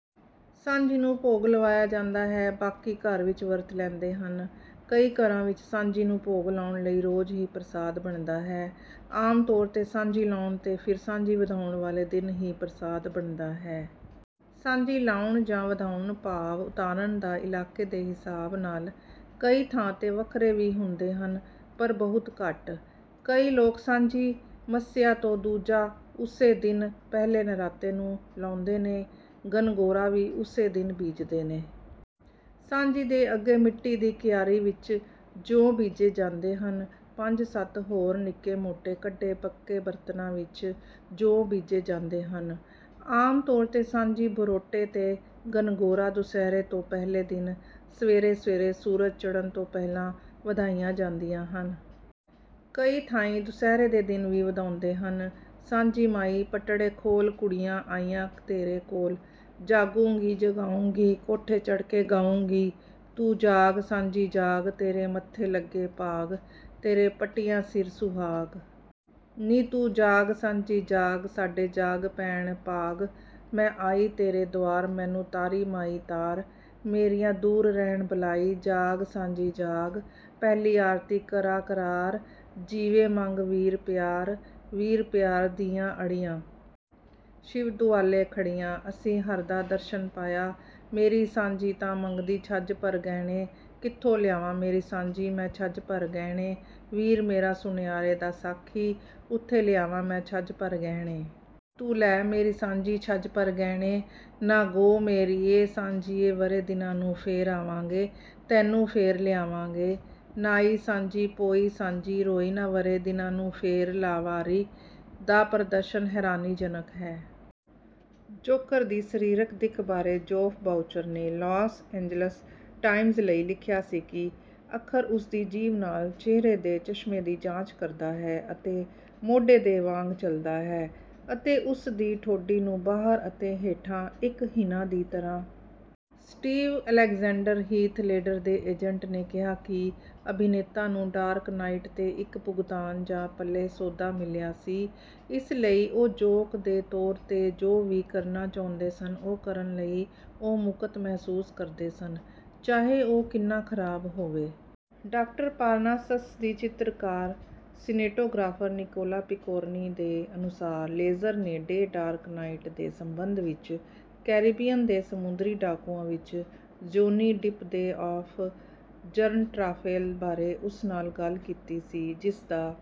ਸਾਂਝੀ ਨੂੰ ਭੋਗ ਲਵਾਇਆ ਜਾਂਦਾ ਹੈ। ਬਾਕੀ ਘਰ ਵਿੱਚ ਵਰਤ ਲੈਂਦੇ ਹਨ। ਕਈ ਘਰਾਂ ਵਿੱਚ ਸਾਂਝੀ ਨੂੰ ਭੋਗ ਲਾਉਣ ਲਈ ਰੋਜ ਹੀ ਪ੍ਰਸਾਦ ਬਣਦਾ ਹੈ। ਆਮ ਤੌਰ ਤੇ ਸਾਂਝੀ ਲਾਉਣ ਤੇ ਫਿਰ ਸਾਂਝੀ ਵਧਾਉਣ ਵਾਲੇ ਦਿਨ ਹੀ ਪ੍ਰਸਾਦ ਬਣਦਾ ਹੈ। ਸਾਂਝੀ ਲਾਉਣ ਜਾਂ ਵਧਾਉਣ ਭਾਵ ਉਤਾਰਣ ਦਾ ਇਲਾਕੇ ਦੇ ਹਿਸਾਬ ਨਾਲ ਕਈ ਥਾਂ ਤੇ ਵੱਖਰੇ ਵੀ ਹੁੰਦੇ ਹਨ ਪਰ ਬਹੁਤ ਘੱਟ। ਕਈ ਲੋਕ ਸਾਂਝੀ ਮੱਸਿਆ ਤੋਂ ਦੂਜਾ ਉਸੇ ਦਿਨ ਪਹਿਲੇ ਨਰਾਤੇ ਨੂੰ ਲਾਉਂਦੇ ਨੇ ਗਨਗੋਰਾ ਵੀ ਉਸੇ ਦਿਨ ਬੀਜਦੇ ਨੇ। ਸਾਂਝੀ ਦੇ ਅੱਗੇ ਮਿਟੀ ਦੀ ਕਿਆਰੀ ਵਿੱਚ ਜੌ ਬੀਜੇ ਜਾਂਦੇ ਹਨ ਪੰਜ ਸੱਤ ਹੋਰ ਨਿਕੇ ਮੋਟੇ ਕੱਢੇ ਪੱਕੇ ਬਰਤਨਾਂ ਵਿੱਚ ਜੌ ਬੀਜੇ ਜਾਂਦੇ ਹਨ। ਆਮ ਤੌਰ ਤੇ ਸਾਂਝੀ ਬਰੋਟੇ ਤੇ ਗਨਗੋਰਾ ਦੁਸਹਿਰੇ ਤੋਂ ਪਹਿਲੇ ਦਿਨ ਸਵੇਰੇ ਸਵੇਰੇ ਸੂਰਜ ਚੜ੍ਹਨ ਤੋਂ ਪਹਿਲਾ ਵਧਾਈਆਂ ਜਾਂਦੀਆਂ ਹਨ। ਕਈ ਥਾਈਂ ਦੁਸਹਿਰੇ ਦੇ ਦਿਨ ਵੀ ਵਧਾਉਂਦੇ ਹਨ। ਸਾਂਝੀ ਮਾਈ ਪਟੜੇ ਖੋਲ ਕੁੜੀਆ ਆਈਆ ਤੇਰੇ ਕੋਲ। ਜਾਗੂੰ ਗੀ ਜਗਾਉਂਗੀ ਕੋਠੇ ਚੜ ਕੇ ਗਾਉਂਗੀ। ਤੂੰ ਜਾਗ ਸਾਂਝੀ ਜਾਗ ਤੇਰੇ ਮੱਥੇ ਲੱਗੇ ਭਾਗ ਤੇਰੇ ਪੱਟੀਆਂ ਸਿਰ ਸੁਹਾਗ। ਨੀ ਤੂੰ ਜਾਗ ਸਾਂਝੀ ਜਾਗ। ਸਾਡੇ ਜਾਗ ਪੈਣ ਭਾਗ। ਮੈ ਆਈ ਤੇਰੇ ਦਵਾਰ। ਮੈਨੂੰ ਤਾਰੀ ਮਾਈ ਤਾਰ। ਮੇਰੀਆ ਦੂਰ ਰਹਿਣ ਬਲਾਈ। ਜਾਗ ਸਾਂਝੀ ਜਾਗ। ਪਹਿਲੀ ਆਰਤੀ ਕਰਾ ਕਰਾਰ। ਜੀਵੇ ਮੰਗ ਵੀਰ ਪਿਆਰ। ਵੀਰ ਪਿਆਰ ਦੀਆਂ ਅੜੀਆ। ਸ਼ਿਵ ਦੁਆਲੇ ਖੜ੍ਹੀਆ। ਅਸੀਂ ਹਰਿ ਦਾ ਦਰਸ਼ਨ ਪਾਇਆ। ਮੇਰੀ ਸਾਂਝੀ ਤਾਂ ਮੰਗਦੀ ਛੱਜ ਭਰ ਗਹਿਣੇ। ਕਿੱਥੋਂ ਲਿਆਵਾ ਮੇਰੀ ਸਾਂਝੀ ਮੈਂ ਛੱਜ ਭਰ ਗਹਿਣੇ। ਵੀਰ ਮੇਰਾ ਸੁਣਿਆਰੇ ਦਾ ਸਾਖੀ ਉਥੇ ਲਿਆਵਾ ਮੈਂ ਛੱਜ ਭਰ ਗਹਿਣੇ। ਤੂੰ ਲੈ ਮੇਰੀ ਸਾਂਝੀ ਛੱਜ ਭਰ ਗਹਿਣੇ। ਨਾ ਗੋਅ ਮੇਰੀਏ ਸਾਂਝੀਏ ਵਰੇ ਦਿਨਾਂ ਨੂੰ ਫੇਰ ਆਵਾਂਗੇ ਤੈਨੂੰ ਫੇਰ ਲਿਆਵਾਂਗੇ। ਨਾਈ ਸਾਂਝੀ ਪੋਈ ਸਾਂਝੀ ਰੋਈ ਨਾ ਵਰੇ ਦਿਨਾਂ ਨੂੰ ਫੇਰ ਲਾਵਾਰੀ। ਦਾ ਪ੍ਰਦਰਸ਼ਨ ਹੈਰਾਨੀਜਨਕ ਹੈ। ਜੋਕਰ ਦੀ ਸਰੀਰਕ ਦਿੱਖ ਬਾਰੇ ਜੌਫ ਬਾਊਚਰ ਨੇ ਲਾਸ ਏਂਜਲਸ ਟਾਈਮਜ਼ ਲਈ ਲਿਖਿਆ ਸੀ ਕਿ ਅੱਖਰ ਉਸ ਦੀ ਜੀਭ ਨਾਲ ਚਿਹਰੇ ਦੇ ਚਸ਼ਮੇ ਦੀ ਜਾਂਚ ਕਰਦਾ ਹੈ ਅਤੇ ਮੋਢੇ ਦੇ ਵਾਂਗ ਚਲਦਾ ਹੈ ਅਤੇ ਉਸ ਦੀ ਠੋਡੀ ਨੂੰ ਬਾਹਰ ਅਤੇ ਹੇਠਾਂ ਇੱਕ ਹਿਨਾ ਦੀ ਤਰ੍ਹਾਂ। ਸਟੀਵ ਅਲੈਗਜੈਂਡਰ ਹੀਥ ਲੇਡਰ ਦੇ ਏਜੰਟ ਨੇ ਕਿਹਾ ਕਿ ਅਭਿਨੇਤਾ ਨੂੰ ਡਾਰਕ ਨਾਈਟ ਤੇ ਇੱਕ ਭੁਗਤਾਨ ਜਾਂ ਪਲੇ ਸੌਦਾ ਮਿਲਿਆ ਸੀ ਇਸ ਲਈ ਉਹ ਜੋਕ ਦੇ ਤੌਰ ਤੇ ਜੋ ਵੀ ਕਰਨਾ ਚਾਹੁੰਦੇ ਸਨ ਉਹ ਕਰਨ ਲਈ ਉਹ ਮੁਕਤ ਮਹਿਸੂਸ ਕਰਦੇ ਸਨ ਚਾਹੇ ਉਹ ਕਿੰਨਾ ਖਰਾਬ ਹੋਵੇ। ਡਾਕਟਰ ਪਾਰਨਾਸਸ ਦੀ ਚਿੱਤਰਕਾਰ ਸਿਨੈਟੋਗ੍ਰਾਫਰ ਨਿਕੋਲਾ ਪਿਕੋਰਨੀ ਦੇ ਅਨੁਸਾਰ ਲੇਜ਼ਰ ਨੇ ਡੇ ਡਾਰਕ ਨਾਈਟ ਦੇ ਸਬੰਧ ਵਿੱਚ ਕੈਰੀਬੀਅਨ ਦੇ ਸਮੁੰਦਰੀ ਡਾਕੂਆਂ ਵਿੱਚ ਜੌਨੀ ਡਿਪ ਦੇ ਆਫ ਜਰਨਟ੍ਰਾਫੇਲ ਬਾਰੇ ਉਸ ਨਾਲ ਗੱਲ ਕੀਤੀ ਸੀ ਜਿਸਦਾ